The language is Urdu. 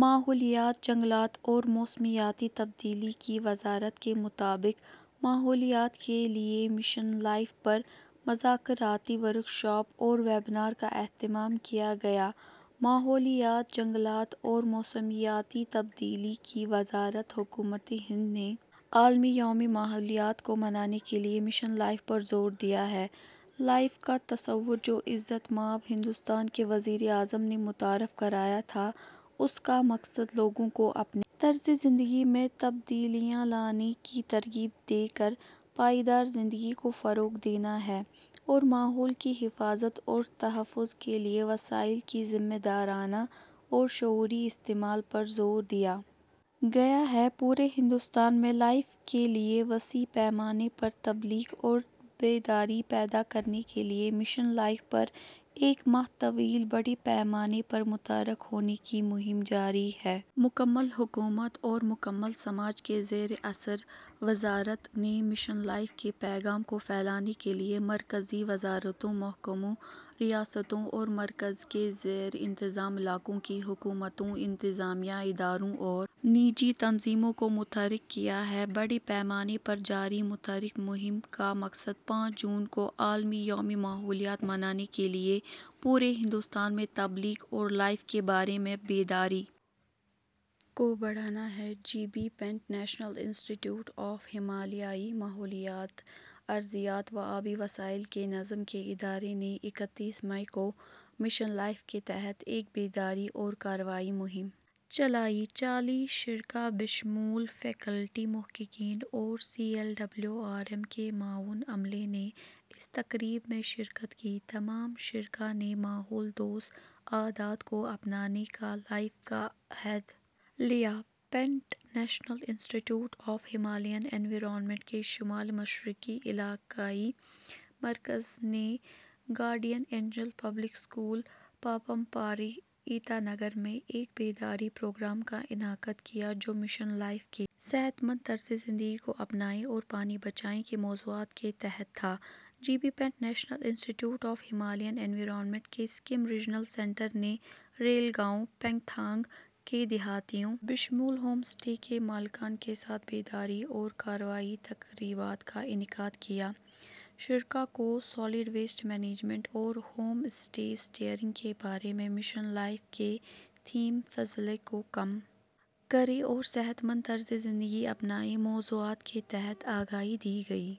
ماحولیات جنگلات اور موسمیاتی تبدیلی کی وزارت کے مطابق ماحولیات کے لیے مشن لائف پر مذاکراتی ورکشاپ اور ویبینار کا اہتمام کیا گیا ماحولیات جنگلات اور موسمیاتی تبدیلی کی وزارت حکومت ہند نے عالمی یوم ماحولیات کو منانے کے لیے مشن لائف پر زور دیا ہے لائف کا تصور جو عزت مآب ہندوستان کے وزیر اعظم نے متعارف کرایا تھا اس کا مقصد لوگوں کو اپنے طرز زندگی میں تبدیلیاں لانے کی ترغیب دے کر پائیدار زندگی کو فروغ دینا ہے اور ماحول کی حفاظت اور تحفظ کے لیے وسائل کے ذمہ دارانہ اور شعوری استعمال پر زور دیا گیا ہے پورے ہندوستان میں لائف کے لیے وسیع پیمانے پر تبلیغ اور بیداری پیدا کرنے کے لیے مشن لائف پر ایک ماہ طویل بڑے پیمانے پر متحرک ہونے کی مہم جاری ہے مکمل حکومت اور مکمل سماج کے زیر اثر وزارت نے مشن لائف کے پیغام کو پھیلانے کے لیے مرکزی وزارتوں محکموں ریاستوں اور مرکز کے زیر انتظام علاقوں کی حکومتوں انتظامیہ اداروں اور نجی تنظیموں کو متحرک کیا ہے بڑے پیمانے پر جاری متحرک مہم کا مقصد پانچ جون کو عالمی یوم ماحولیات منانے کے لیے پورے ہندوستان میں تبلیغ اور لائف کے بارے میں بیداری کو بڑھانا ہے جی بی پنت نیشنل انسٹی ٹیوٹ آف ہمالیائی ماحولیات ارضیات و آبی وسائل کے نظم کے ادارے نے اکتیس مئی کو مشن لائف کے تحت ایک بیداری اور کارروائی مہم چلائی چالیس شرکا بشمول فیکلٹی محققین اور C L W R M کے معاون عملے نے اس تقریب میں شرکت کی تمام شرکا نے ماحول دوست عادات کو اپنانے کا لائف کا عہد لیا پنت نیشنل انسٹی ٹیوٹ آف ہمالین انوائرنمنٹ کے شمال مشرقی علاقائی مرکز نے guardian angel public school Papum Pare ایٹا نگر میں ایک بیداری پروگرام کا انعقاد کیا جو مشن لائف کے صحت مند طرز زندگی کو اپنائیں اور پانی بچائیں کے موضوعات کے تحت تھا جی بی پنت نیشنل انسٹی ٹیوٹ آف ہمالین انوائرنمنٹ کے سکم ریجنل سینٹر نے ریل گاؤں پنگتھانگ کے دیہاتیوں بشمول ہوم اسٹے کے مالکان کے ساتھ بیداری اور کارروائی تقریبات کا انعقاد کیا شرکا کو سالڈ ویسٹ مینجمنٹ اور ہوم اسٹے اسٹیئرنگ کے بارے میں مشن لائف کے تھیم فضلہ کو کم کریں اور صحت مند طرز زندگی اپنائیں موضوعات کے تحت آگاہی دی گئی